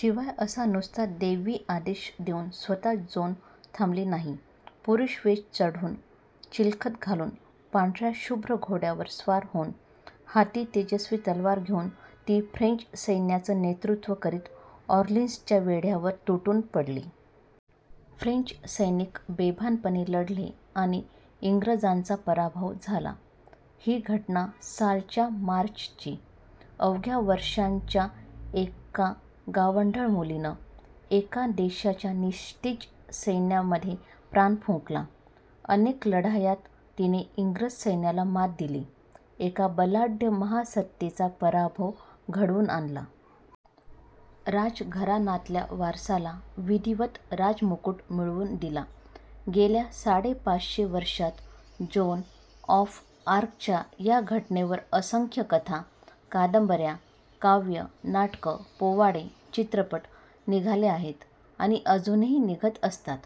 शिवाय असा नुसता दैवी आदेश देऊन स्वतः जोन थांबली नाही. पुरुष वेष चढवून, चिलखत घालून, पांढरया शुभ्र घोड्यावर स्वार होऊन, हाती तेजस्वी तलवार घेऊन ती फ्रेंच सैन्याचं नेतृत्व करीत ऑर्लिन्सच्या वेढ्यावर तुटून पडली. फ्रेंच सैनिक बेभानपणे लढले आणि इंग्रजांचा पराभव झाला. ही घटना सालच्या मार्चची. अवघ्या वर्षांच्या एका गावंढळ मुलीनं, एका देशाच्या निस्तेज सैन्यामध्ये प्राण फुंकला, अनेक चढायांत तिने इंग्रज सैन्याला मात दिली. एका बलाढय़ महासत्तेचा पराभव घडवून आणला. राजघराणातल्या वारसाला विधिवत राजमुकुट मिळवून दिला. गेल्या साडेपाचशे वर्षात जोन ऑफ आर्कच्या या घटनेवर असंख्य कथा, कादंबर्या, काव्यं, नाटकं, पोवाडे, चित्रपट निघाले आहेत आणि अजूनही निघत असतात.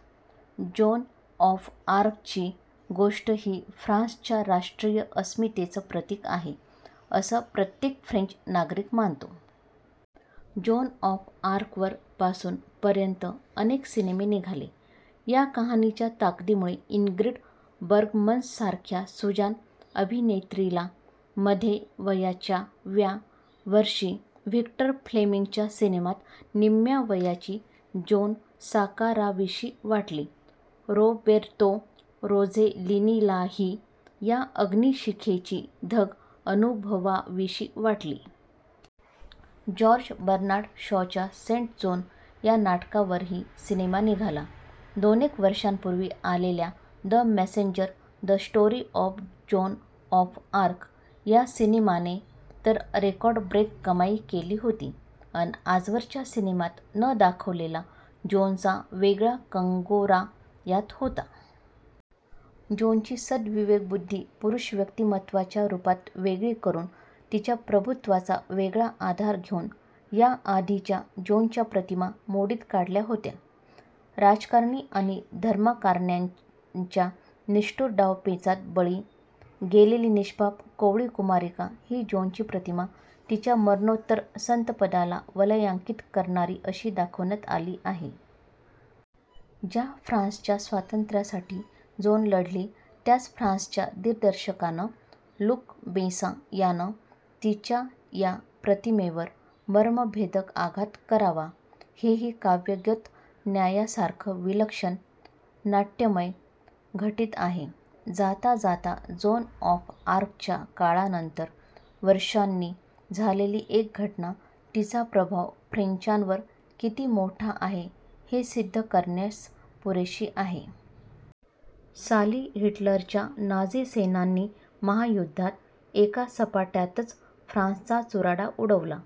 जोन ऑफ आर्कची गोष्ट ही फ्रान्सच्या राष्ट्रीय अस्मितेचं प्रतीक आहे, असं प्रत्येक फ्रेंच नागरिक मानतो. जोन ऑफ आर्कवर पासून पर्यंत अनेक सिनेमे निघाले. या कहाणीच्या ताकदीमुळे इन्ग्रिड बर्गमनसारख्या सुजाण अभिनेत्रीला मध्ये वयाच्या व्या वर्षी व्हिक्टर फ्लेमिंगच्या सिनेमात निम्म्या वयाची जोन साकारावीशी वाटली. रोबेर्तो रोझेलिनीलाही या अग्नीशिखेची धग अनुभवावीशी वाटली. जॉर्ज बनॉर्ड शॉच्या सेंट जोन' या नाटकावरही सिनेमा निघाला. दोनेक वर्षांपुर्वी आलेल्या the messenger: the story of Joan of Arc' या सिनेमाने तर रेकॉर्डब्रेक कमाई केली होती अन आजवरच्या सिनेमात न दाखवलेला जोनचा वेगळा कंगोरा यात होता. जोनची सद्विवेकबुद्धी पुरुष व्यक्तिमत्वाच्या रुपात वेगळी करून तिच्या प्रभुत्वाचा वेगळा आधार घेऊन याआधीच्या जोनच्या प्रतिमा मोडीत काढल्या होत्या! राजकारणी आणि धर्मकारण्यांच्या निष्ठुर डावपेचांत बळी' गेलेली निष्पाप, कोवळी कुमारिका ही जोनची प्रतिमा तिच्या मरणोत्तर संतपदाला वलयांकित करणारी अशी दाखवण्यात आली आहे. ज्या फ्रान्सच्या स्वातंत्र्यासाठी जोन लढली त्याच फ्रान्सच्या दिग्दर्शकानं, लुक बेसाँ यानं तिच्या या प्रतिमेवर मर्मभेदक आघात करावा, हेही काव्यगत न्यायासारखं विलक्षण नाटय़मय घटित आहे. जाता जाता जोन ऑफ आर्कच्या काळानंतर वर्षांनी झालेली एक घटना तिचा प्रभाव फ्रेंचांवर किती मोठा आहे हे सिद्ध करण्यास पुरेशी आहे. साली हिटलरच्या नाझी सेनांनी महायुद्धात एका सपाट्यातच फ्रान्सचा चुराडा उडवला.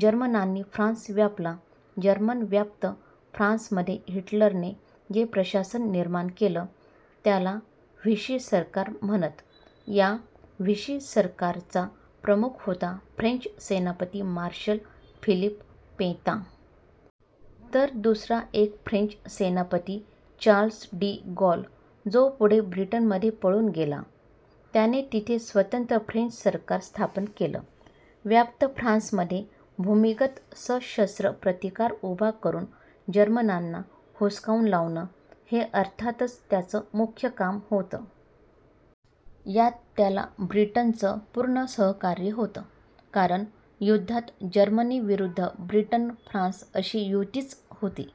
जर्मनांनी फ्रान्स व्यापला. जर्मनव्याप्त फ्रान्समध्ये हिटलरने जे प्रशासन निर्माण केलं, त्याला 'व्हिशी सरकार' म्हणत. या व्हिशी सरकारचा प्रमुख होता फ्रेंच सेनापती मार्शल फिलिप पेतॉं. तर दुसरा एक फ्रेंच सेनापती चार्ल्स डी गॉल जो पुढे ब्रिटनमध्ये पळून गेला. त्याने तिथे स्वतंत्र फ्रेंच सरकार स्थापन केलं. व्याप्त फ्रान्समध्ये भूमिगत सशस्त्र प्रतिकार उभा करून जर्मनांना हुसकावून लावणं, हे अर्थातच त्याचं मुख्य काम होतं. यात त्याला ब्रिटनचं पूर्ण सहकार्य होतं. कारण युद्धात जर्मनीविरुद्ध ब्रिटन-फ्रान्स अशी युतीच होती.